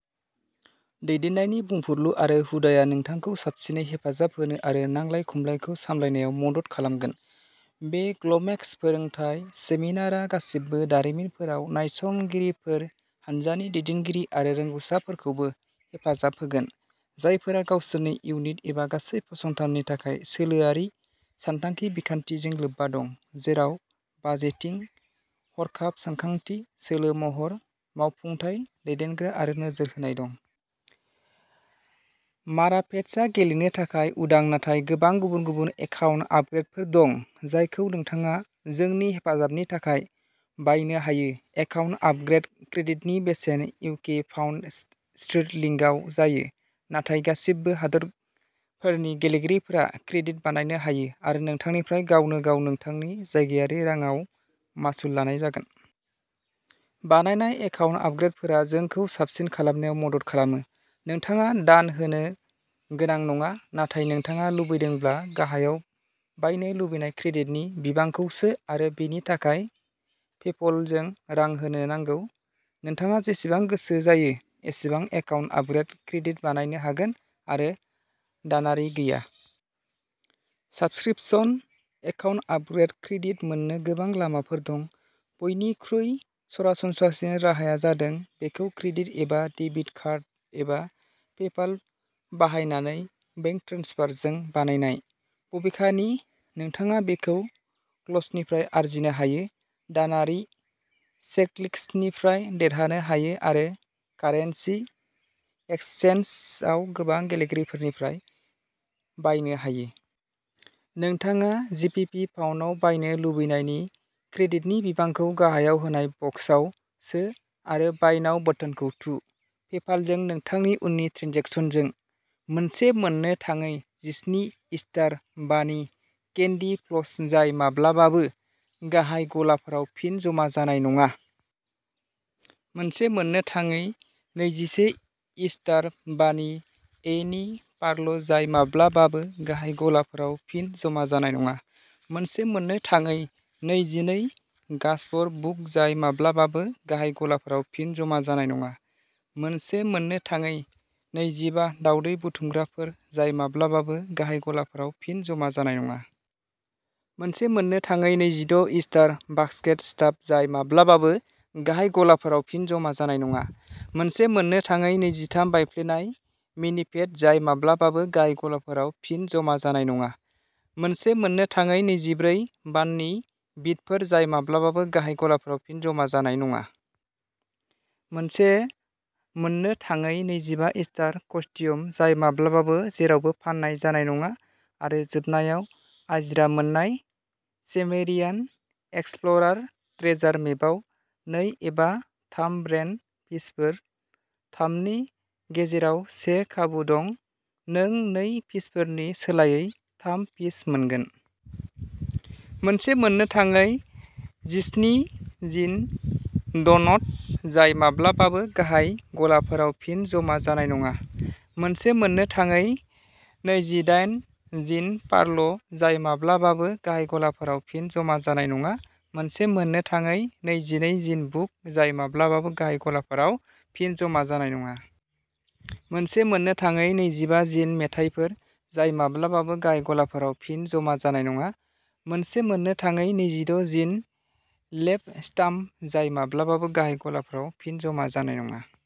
दैदेननायनि बुंफुरलु आरो हुदाया नोंथांखौ साबसिनै हेफाजाब होनो आरो नांलाय खमलायखौ सामलायनायाव मदद खालामगोन। बे ग्ल'मेक्स फोरोंथाय सेमिनारआ गासिबो दारिमिनफोराव नायसंगिरिफोर, हानजानि दैदेनगिरि आरो रोंग'सारफोरखौबो हेफाजाब होगोन, जायफोरा गावसोरनि इउनिट एबा गासै फसंथाननि थाखाय सोलोआरि सानथांखि बिखान्थिजों लोब्बा दं, जेराव बाजेटिं, हरखाब सानथांखि, सोलो महर, मावफुंथाय, दैदेनग्रा आरो नोजोर होनाय दं। मारापेट्सआ गेलेनो थाखाय उदां नाथाय गोबां गुबुन गुबुन एकाउन्ट आपग्रेदफोर दं, जायखौ नोंथाङा जोंनि हेफाजाबनि थाखाय बायनो हायो। एकाउन्ट आपग्रेद क्रेडिटनि बेसेना इउके पाउन्द स्टर्लिंग आव जायो, नाथाय गासिबो हादोरफोरनि गेलेगिरिफोरा क्रेडिट बायनो हायो आरो नोंथांनिफ्राय गावनो गाव नोंथांनि जायगायारि रांआव मासुल लानाय जागोन। बायनाय एकाउन्ट आपग्रेदफोरा जोंखौ साबसिन खालामनायाव मदद खालामो। नोंथाङा दान होनो गोनां नङा, नाथाय नोंथाङा लुबैदोंब्ला, गाहायाव बायनो लुबैनाय क्रेडिटनि बिबांखौ सो आरो बेनि थाखाय पेप'लजों रां होनो नांगौ। नोंथाङा जेसेबां गोसो जायो एसेबां एकाउन्ट आपग्रेद क्रेडिट बायनो हागोन आरो दानारि गैया। साब्सक्रिप्शन। एकाउन्ट आपग्रेड्स क्रेडिट मोननो गोबां लामाफोर दं। बयनिख्रुइ सरासनस्रासिन राहाया जादों बेखौ क्रेडिट एबा डेबिट कार्ड एबा पेपाल बाहायनानै बेंक ट्रेन्सफारजों बायनाय। बबेखानि, नोंथाङा बेखौ गल्सनिफ्राय आरजिनो हायो, दानारि चेकलिस्टनिफ्राय देरहानो हायो एबा कारेन्सि एक्सचेन्जआव गुबुन गेलेगिरिफोरनिफ्राय बायनो हायो। नोंथाङा जिबिपि पाउन्डआव बायनो लुबैनायनि क्रेडिटनि बिबांखौ गाहायाव होनाय बक्सआव सो आरो बाय नाउ बाटोनखौ थु। पेपालजों नोंथांनि उननि ट्रेन्जेकसनजों!! मोनसे मोननो थाङै जिस्नि इस्टार बानि केन्डि फ्लस जाय माब्लाबाबो गाहाय गलाफोराव फिन जमा जानाय नङा। मोनसे मोननो थाङै नैजिसे इस्टार बानि ओनेसि पार्ल जाय माब्लाबाबो गाहाय गलाफोराव फिन जमा जानाय नङा। मोनसे मोननो थाङै नैजिनै गाजर बुक जाय माब्लाबाबो गाहाय गलाफोराव फिन जमा जानाय नङा। मोनसे मोननो थाङै नैजिबा दावदै बुथुमग्राफोर जाय माब्लाबाबो गाहाय गलाफोराव फिन जमा जानाय नङा। मोनसे मोननो थाङै नैजिद' इस्टार बास्केट स्टाम्प जाय माब्लाबाबो गाहाय गलाफोराव फिन जमा जानाय नङा। मोनसे मोननो थाङै नैजिथाम बायफ्लेनाय मिनिपेट जाय माब्लाबाबो गाहाय गलाफोराव फिन जमा जानाय नङा। मोनसे मोननो थाङै नैजिब्रै बाननि बिटफोर जाय माब्लाबाबो गाहाय गलाफोराव फिन जमा जानाय नङा। मोनसे मोननो थाङै नैजिबा इस्टार कस्टियुम जाय माब्लाबाबो जेरावबो फान्नाय जानाय नङा। आरो जोबनायाव, आजिरा मोननाय सिमेरियान एक्सप्ल'रार ट्रेजार मेपआव नै एबा थाम रेन्डम पिसफोर। थाम नि गेजेराव से खाबु दं नों नै पिसफोरनि सोलायै थाम पिस मोनगोन। मोनसे मोननो थाङै जिस्नि जिन ड'नट जाय माब्लाबाबो गाहाय गलाफोराव फिन जमा जानाय नङा। मोनसे मोननो थाङै नैजिदाइन जिन पार्ल जाय माब्लाबाबो गाहाय गलाफोराव फिन जमा जानाय नङा। मोनसे मोननो थाङै नैजिनै जिन बुक जाय माब्लाबाबो गाहाय गलाफोराव फिन जमा जानाय नङा। मोनसे मोननो थाङै नैजिबा जिन मेथाइफोर जाय माब्लाबाबो गाहाय गलाफोराव फिन जमा जानाय नङा। मोनसे मोननो थाङै नैजिद' जिन लेम्प स्टाम्प जाय माब्लाबाबो गाहाय गलाफोराव फिन जमा जानाय नङा।